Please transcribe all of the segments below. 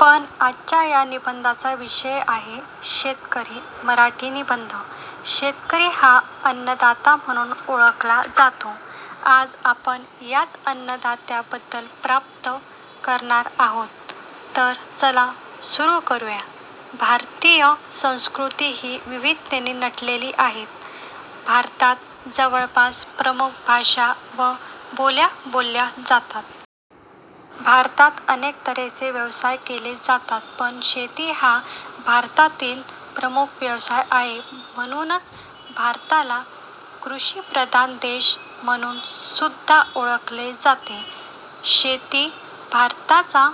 पण आजच्या या निबंधाचा विषय आहे शेतकरी निबंध मराठी. शेतकरी हा अन्नदाता म्हणून ओळखला जातो. आज आपण याच अन्नदात्याबद्दल प्राप्त करणार आहोत तर चला सुरू करुया. भारतीय संस्कृती ही विविधतेने नटलेली आहे. भारतात जवळपास प्रमुख भाषा व बोल्या बोलल्या जातात. भारतात अनेक तऱ्हेचे व्यवसाय केले जातात. पण शेती हा भारतातील प्रमुख व्यवसाय आहे. म्हणूनच भारताला 'कृषी प्रधान देश' म्हणून सुद्धा ओळखले जाते. शेतकरी भारताचा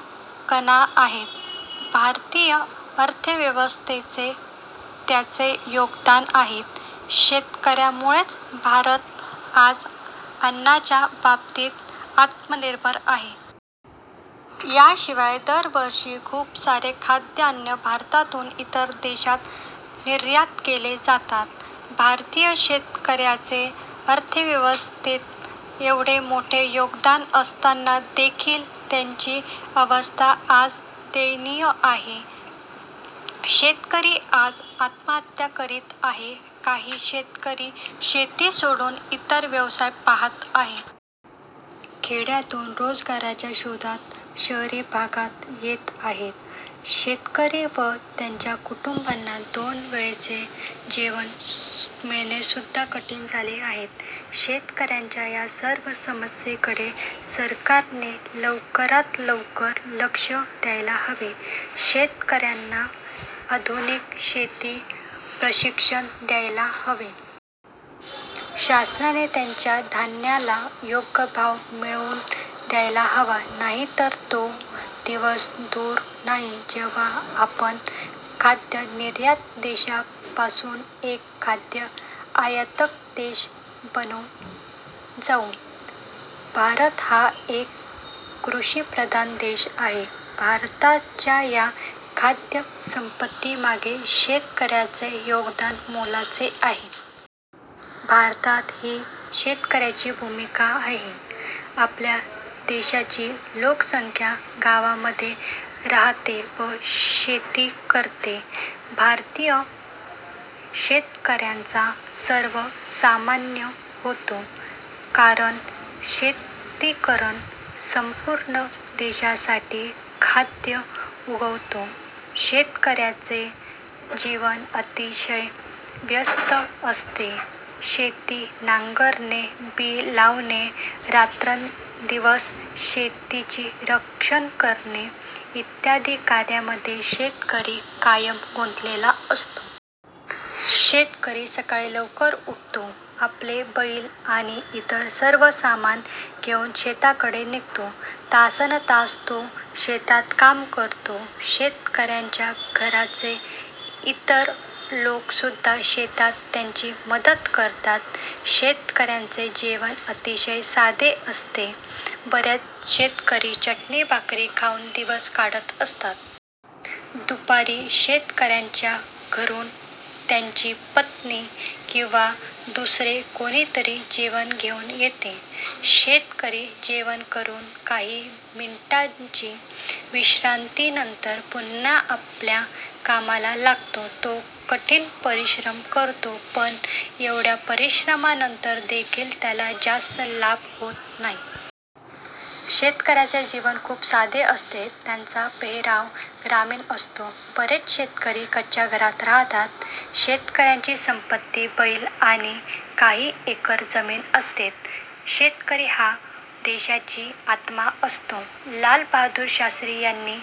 कणा आहेत. भारतीय अर्थव्यवस्थेत त्याचे योगदान आहे. शेतकऱ्यांमुळेच भारत आज अन्नाच्या बाबतीत आत्मनिर्भर आहे. या शिवाय दर वर्षी खूप सारे खाद्यान्न भारतातून इतर देशांना निर्यात केले जाते. भारतीय शेतकऱ्याचे अर्थव्यवस्थेत येवढे मोठे योगदान असताना देखील त्याची अवस्था आज दयनीय आहे. शेतकरी आज आत्महत्या करीत आहेत. काही शेतकरी शेती सोडून इतर व्यवसाय पाहत आहेत. खेड्यातून रोजगाराच्या शोधात शहरी भागात येत आहेत. शेतकरी व त्यांच्या कुटुंबाला दोन वेळेचे जेवण मिळणे सुद्धा कठीण झाले आहे. शेतकऱ्यांच्या या सर्व समस्यांकडे सरकारने लवकरात लवकर लक्ष द्यायला हवे. शेतकऱ्यांना आधुनिक शेतीचे प्रशिक्षण द्यायला हवे. शासनाने त्यांच्या धान्याला योग्य भाव मिळवून द्यायला हवा. नाहीतर तो दिवस दूर नाही जेव्हा आपण खाद्य निर्यात देशापासून एक खाद्य आयातक देश बनून जाऊ. भारत हा एक कृषी प्रधान देश आहे. भारताच्या या खाद्य संपन्नते मागे शेतकऱ्याचे योगदान मोलाचे आहे. भारत ही शेतकऱ्याची भूमी आहे. आपल्या देशाची लोकसंख्या गावामध्ये राहते व शेती करते. भारतीय शेतकऱ्याचा सर्वकडे सन्मान होतो. कारण शेतकरीच संपूर्ण देशासाठी खाद्य उगवतो. शेतकऱ्याचे जीवन अतिशय व्यस्त असते. शेत नांगरणे, बी लावणे, रात्रंदिवस शेताची राखण करणे इत्यादी कार्यामध्ये शेतकरी कायम गुंतलेला असतो. शेतकरी सकाळी लवकर उठतो आपले बैल आणि इतर सर्व सामान घेऊन शेताकडे निघतो. तासनतास तो शेतात काम करतो. शेतकऱ्यांच्या घराचे इतर लोक सुद्धा शेतात त्याची मदत करतात. शेतकऱ्याचे जेवण अतिशय साधे असते. बरेच शेतकरी चटणी भाकर खाऊन दिवस काढत असतात. दुपारी शेतकऱ्यांच्या घरून त्याची पत्नी किंवा दुसरे कोणीतरी जेवण घेऊन येते. शेतकरी जेवण करून काही मिनिटांच्या विश्रांती नंतर पुन्हा आपल्या कामाला लागतो. तो कठीण परिश्रम करतो. पण एवढ्या परिश्रमानंतर देखील त्याला जास्त लाभ होत नाही. शेतकऱ्याचे जीवन खूपच साधे असते. त्याचा पेहराव ग्रामीण असतो. बरेच शेतकरी कच्या घरात राहतात. शेतकऱ्याची संपत्ती बैल आणि काही एकर जमीन असते. शेतकरी हा देशाची आत्मा असतो. लाल बहादूर शास्त्री यांनी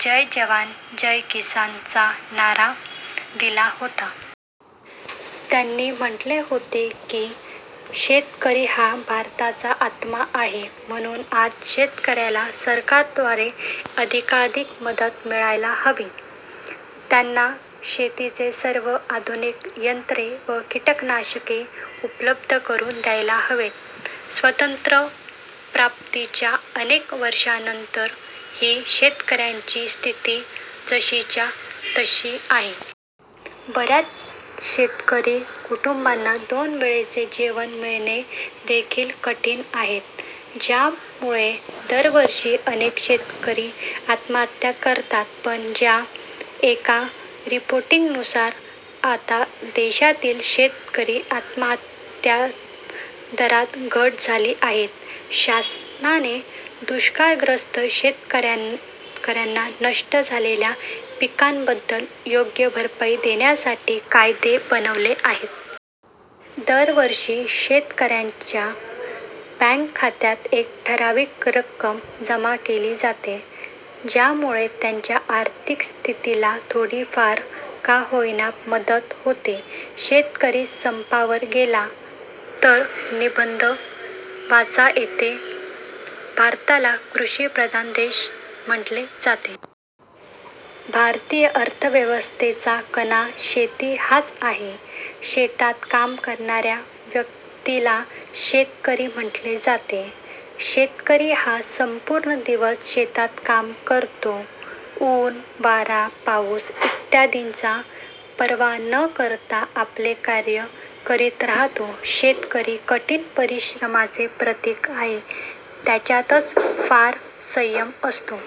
'जय जवान जय किसान' चा नारा दिला होता. त्यांनी म्हटले होते की शेतकरी हा भारताचा आत्मा आहे. म्हणून आज शेतकऱ्याला सरकार द्वारे अधिकाधिक मदत मिळायला हवी. त्यांना शेताचे सर्व आधुनिक यंत्र व कीटनाशके उपलब्ध करून द्यायला हवेत. स्वातंत्र्यप्राप्तीच्या अनेक वर्षांनंतर ही शेतकऱ्यांची स्थिती जशीच्या तशी आहे. बऱ्याच शेतकरी कुटुंबांना दोन वेळचे जेवण मिळणे देखील कठीण आहे. ज्यामुळे दरवर्षी अनेक शेतकरी आत्महत्या करतात. पण च्या एका रिपोर्टनुसार आता देशातील शेतकरी आत्महत्या दरात घट झाली आहे. शासनाने दुष्काळग्रस्त शेतकऱ्यांना नष्ट झालेल्या पिकाबद्दल योग्य भरपाई देण्यासाठी कायदे बनवले आहेत. दरवर्षी शेतकऱ्यांच्या बँक खात्यात ठराविक रक्कम जमा केली जाते. ज्यामुळे त्यांच्या आर्थिक स्थितीला थोडी फार का होईना पण मदत होते. शेतकरी संपावर गेला तर निबंध वाचा येथे भारताला कृषी प्रधान देश म्हटले जाते. भारतीय अर्थव्यवस्थेचा कणा शेती हाच आहे. शेतात काम करणाऱ्या व्यक्तीला शेतकरी म्हटले जाते. शेतकरी हा संपूर्ण दिवस शेतात काम करतो. ऊन, वारा, पाऊस इत्यादींची पर्वा न करता आपले कार्य करीत असतो. शेतकरी कठीण परिश्रमाचे प्रतीक आहे. त्याच्यात फार संयम असतो.